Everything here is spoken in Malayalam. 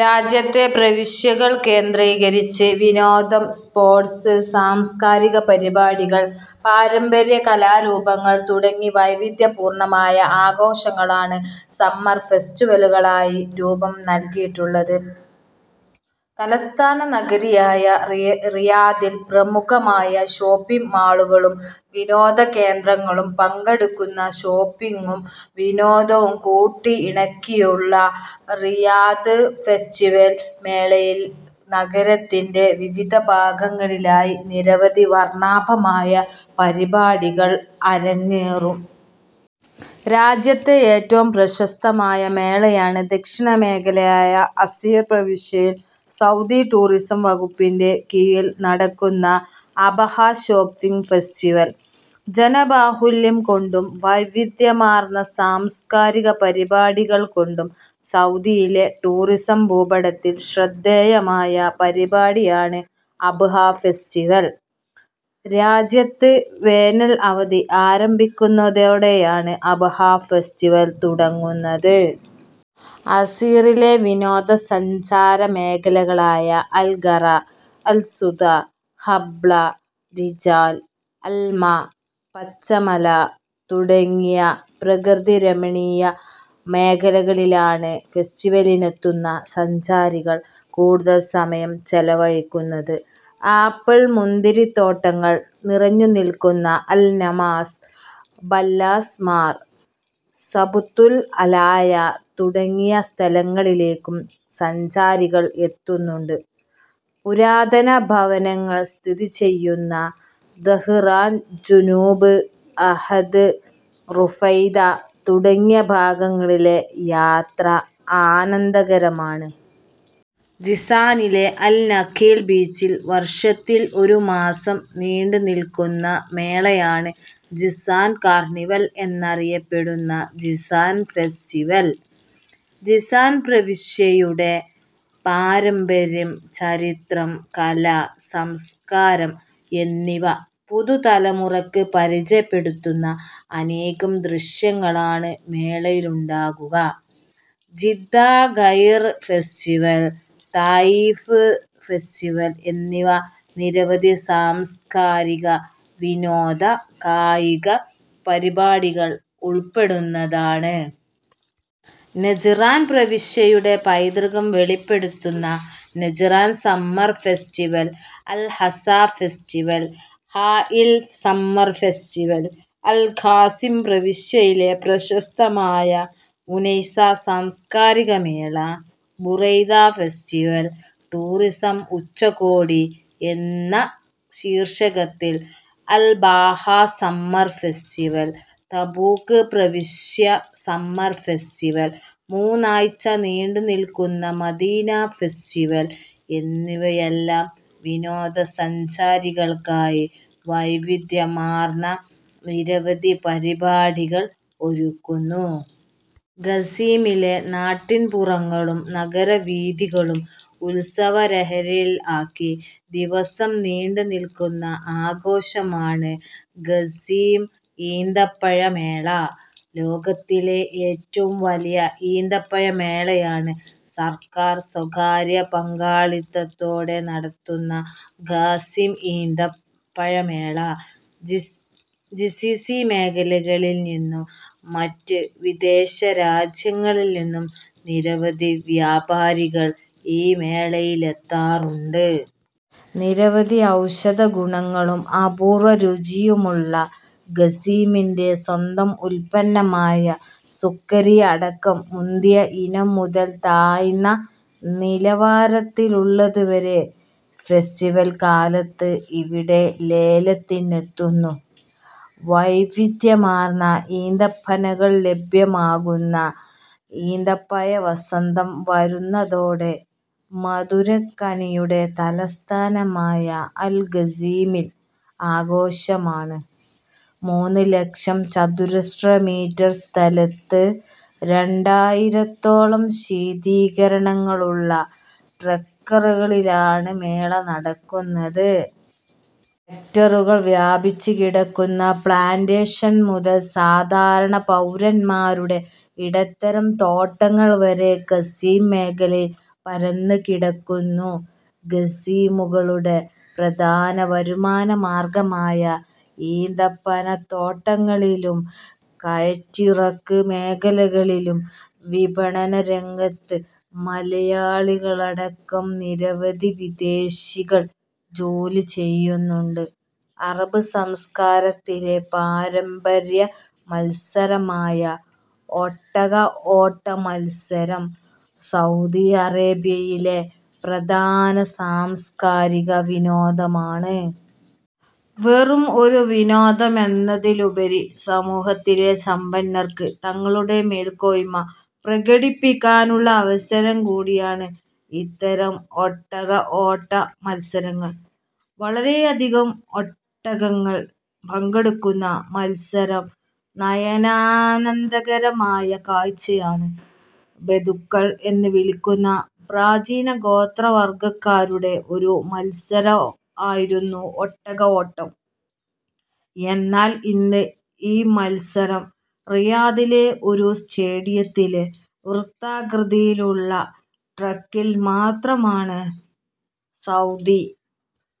രാജ്യത്തെ വിവിധ പ്രവിശ്യകൾ കേന്ദ്രീകരിച്ച് വിനോദം, സ്പോർട്സ്, സാംസ്കാരിക പരിപാടികൾ, പാരമ്പര്യ കലാരൂപങ്ങൾ തുടങ്ങി വൈവിധ്യപൂർണമായ ആഘോഷങ്ങളാണ് സമ്മർ ഫെസ്റ്റിവലുകളായി രുപം നൽകിയിട്ടുള്ളത്. തലസ്ഥാന നഗരിയായ റിയാദിൽ പ്രമുഖമായ ഷോപ്പിങ് മാളുകളും വിനോദ കേന്ദ്രങ്ങളും പങ്കെടുക്കുന്ന ഷോപ്പിംഗും വിനോദവും കൂട്ടിയിണക്കിയുള്ള റിയാദ് ഫെസ്റ്റിവൽ മേളയിൽ നഗരത്തിന്റെ വിവിധ ഭാഗങ്ങളിലായി നിരവധി വർണാഭമായ പരിപാടികൾ അരങ്ങേറും. രാജ്യത്തെ ഏറ്റവും പ്രശസ്തമായ മേളയാണ് ദക്ഷിണ മേഖലയായ അസീർ പ്രവിശ്യയിൽ സൗദി ടൂറിസം വകുപ്പിന്റെ കീഴിൽ നടക്കുന്ന അബഹ ഷോപ്പിങ് ഫെസ്റ്റിവിൽ. ജനബാഹുല്യം കൊണ്ടും വൈവിധ്യമാർന്ന സാംസ്കാരിക പരിപാടികൾ കൊണ്ടും സൗദിയിലെ ടൂറിസം ഭൂപടത്തിൽ ശ്രദ്ധേയമായ പരിപാടിയാണ് അബ്ഹ ഫെസ്റ്റിവൽ. രാജ്യത്ത് വേനൽ അവധി ആരംഭിക്കന്നതോടെയാണ് അബ്ഹ ഫെസ്റ്റിവൽ തുടങ്ങുന്നത്. അസീറിലെ വിനോദ സഞ്ചാരമേഖലകളായ അൽഗറ, അൽസുദ, ഹബ്ല, രിജാൽ അൽമ, പച്ചമല തുടങ്ങിയ പ്രകൃതിരമണിയ മേഖലകളിലാണ് ഫെസ്റ്റിവലിനെത്തുന്ന സഞ്ചാരികൾ കൂടുതൽ സമയം ചെലവഴിക്കുന്നത്. ആപ്പിൾ മുന്തിരിത്തോട്ടങ്ങൾ നിറഞ്ഞുനിൽക്കുന്ന അൽ നമാസ്, ബല്ലസ്മാർ, സബ്തുൽ അലായ തുടങ്ങിയ സ്ഥലങ്ങളിലേക്കും സഞ്ചാരികൾ എത്തുന്നുണ്ട്. പുരാതന ഭവനങ്ങൾ സ്ഥിതി ചെയ്യുന്ന ദഹ്റാൻ ജുനൂബ്, അഹദ് റുഫൈദ തുടങ്ങിയ ഭാഗങ്ങളിലെ യാത്ര ആനന്ദകരമാണ്. ജിസാനിലെ അൽ നഖീൽ ബീച്ചിൽ വർഷത്തിൽ ഒരു മാസം നീണ്ടുനിൽക്കുന്ന മേളയാണ് ജിസാൻ കാർണിവൽ എന്നറിയപ്പെടുന്ന ജിസാൻ ഫെസ്റ്റിവൽ. ജിസാൻ പ്രവിശ്യയുടെ പാരമ്പര്യം, ചരിത്രം, കല, സംസ്കാരം എന്നിവ പുതുതലമുറക്ക് പരിചയപ്പെടുത്തുന്ന അനേകം ദൃശ്യങ്ങളാണ് മേളയിലുണ്ടാകുക. ജിദ്ദ ഗൈർ ഫെസ്റ്റിവൽ, താഇഫ് ഫെസ്റ്റവിൽ എന്നിവ നിരവധി സാംസ്കാരിക, വിനോദ, കായിക പരിപാടികൾ ഉൾപ്പെടുന്നതാണ്. നജ്റാൻ പ്രവിശ്യയുടെ പൈതൃകം വെളിപ്പെടുത്തുന്ന Najran summer festival, Al Hasa festival, Hail summer festival, Al Qassim പ്രവിശ്യയിലെ പ്രശസ്തമായ ഉനൈസ സാംസ്കാരിക മേള, ബുറൈദ ഫെസ്റ്റിവൽ. ടൂറിസം ഉച്ചകോടി എന്ന ശീർഷകത്തിൽ Al Baha summer festival, Tabuk പ്രവിശ്യ സമ്മർ ഫെസ്റ്റിവൽ, മൂന്നാഴ്ച നീണ്ടുനിൽക്കുന്ന മദീന ഫെസ്റ്റിവൽ എന്നിവയെല്ലാം വിനോദസഞ്ചാരികൾക്കായി വൈവിദ്യമാർന്ന നിരവധി പരിപാടികൾ ഒരുക്കുന്നു. ഖസീമിലെ നാട്ടിൻപുറങ്ങളും നഗരവീഥികളും ഉൽസവലഹരിയിൽ ആക്കി ദിവസം നീണ്ടുനിൽക്കുന്ന ആഘോഷമാണ് ഖസീം ഈന്തപ്പഴ മേള. ലോകത്തിലെ ഏറ്റവും വലിയ ഈന്തപ്പഴ മേളയാണ് സർക്കാർ, സ്വകാര്യ പങ്കാളിത്തതോടെ നടക്കുന്ന ഖസീം ഈന്തപ്പഴ മേള. ജിസിസി മേഖലകളിൽ നിന്നും മറ്റു വിദേശ രാജ്യങ്ങിൽ നിന്നും നിരവധി വ്യാപാരികൾ ഈ മേളയിലെത്താറുണ്ട്. നിരവധി ഔഷധ ഗുണങ്ങളും അപൂർവ രുചിയുമുള്ള ഖസീമിന്റെ സ്വന്തം ഉൽപന്നമായ സുക്കരി അടക്കം മുന്തിയ ഇനം മുതൽ താഴ്ന്ന നിലവാരത്തിലുള്ളത് വരെ ഫെസ്റ്റിവൽ കാലത്ത് ഇവിടെ ലേലത്തിനെത്തുന്നു. വൈവിധ്യമാർന്ന ഈന്തപ്പഴങ്ങൾ ലഭ്യമാകുന്ന ഈന്തപ്പഴ വസന്തം വരുന്നതോടെ മധുരക്കനിയുടെ തലസ്ഥാനമായ അൽ-ഖസീമിൽ ആഘോഷമാണ്. മൂന്നു ലക്ഷം ചതുരശ്രമീറ്റർ സ്ഥലത്തു രണ്ടയിരത്തോളം ശീതീകരണികളുളള ട്രക്കുകളിലാണു മേള നടക്കുന്നത്. ഹെക്ടറുകൾ വ്യാപിച്ചുകിടക്കുന്ന പ്ലാന്റെഷൻ മുതൽ സാധാരണ പൗരൻമാരുടെ ഇടത്തരം തോട്ടങ്ങൾ വരെ ഖസീം മേഖലയിൽ പരന്നു കിടക്കുന്നു. ഖസീമികളുടെ പ്രധാന വരുമാന മാർഗ്ഗമായ ഈന്തപ്പഴ തോട്ടങ്ങളിലും കയറ്റിറക്ക് മേഖലയിലും വിപണന രംഗത്തും മലയാളികളടക്കം നിരവധി വിദേശികൾ ജോലി ചെയ്യുന്നുണ്ട്. അറബ് സംസ്കാരത്തിലെ പാരമ്പര്യ മൽസരമായ ഒട്ടക ഓട്ടമത്സരം സൗദി അറേബ്യയിലെ പ്രധാന സാംസ്കാരിക വിനോദമാണ്. വെറും ഒരു വിനോദമെന്നതിലുപരി സമൂഹത്തിലെ സമ്പന്നർക്ക് തങ്ങളുടെ മേൽക്കോയ്മ പ്രകടിപ്പിക്കാനുള്ള അവസരം കൂടിയാണ് ഇത്തരം ഒട്ടക ഓട്ട മത്സരങ്ങൾ. വളരെയധികം ഒട്ടകങ്ങൾ പങ്കെടുക്കുന്ന മത്സരം നയനാന്ദകരമായ കാഴ്ചയാണ്. ബെദുക്കൾ എന്നു വിളിക്കുന്ന പ്രാചീന ഗോത്രവർഗ്ഗക്കാരുടെ ഒരു മത്സരം ആയിരുന്നു ഒട്ടക ഓട്ടം. എന്നാൽ ഇന്ന് ഈ മത്സരം റിയാദിലെ ഒരു സ്റ്റേഡിയത്തിലെ വൃത്താകൃതിയിലുള്ള ട്രാക്കിൽ മാത്രമാണ്. സൗദി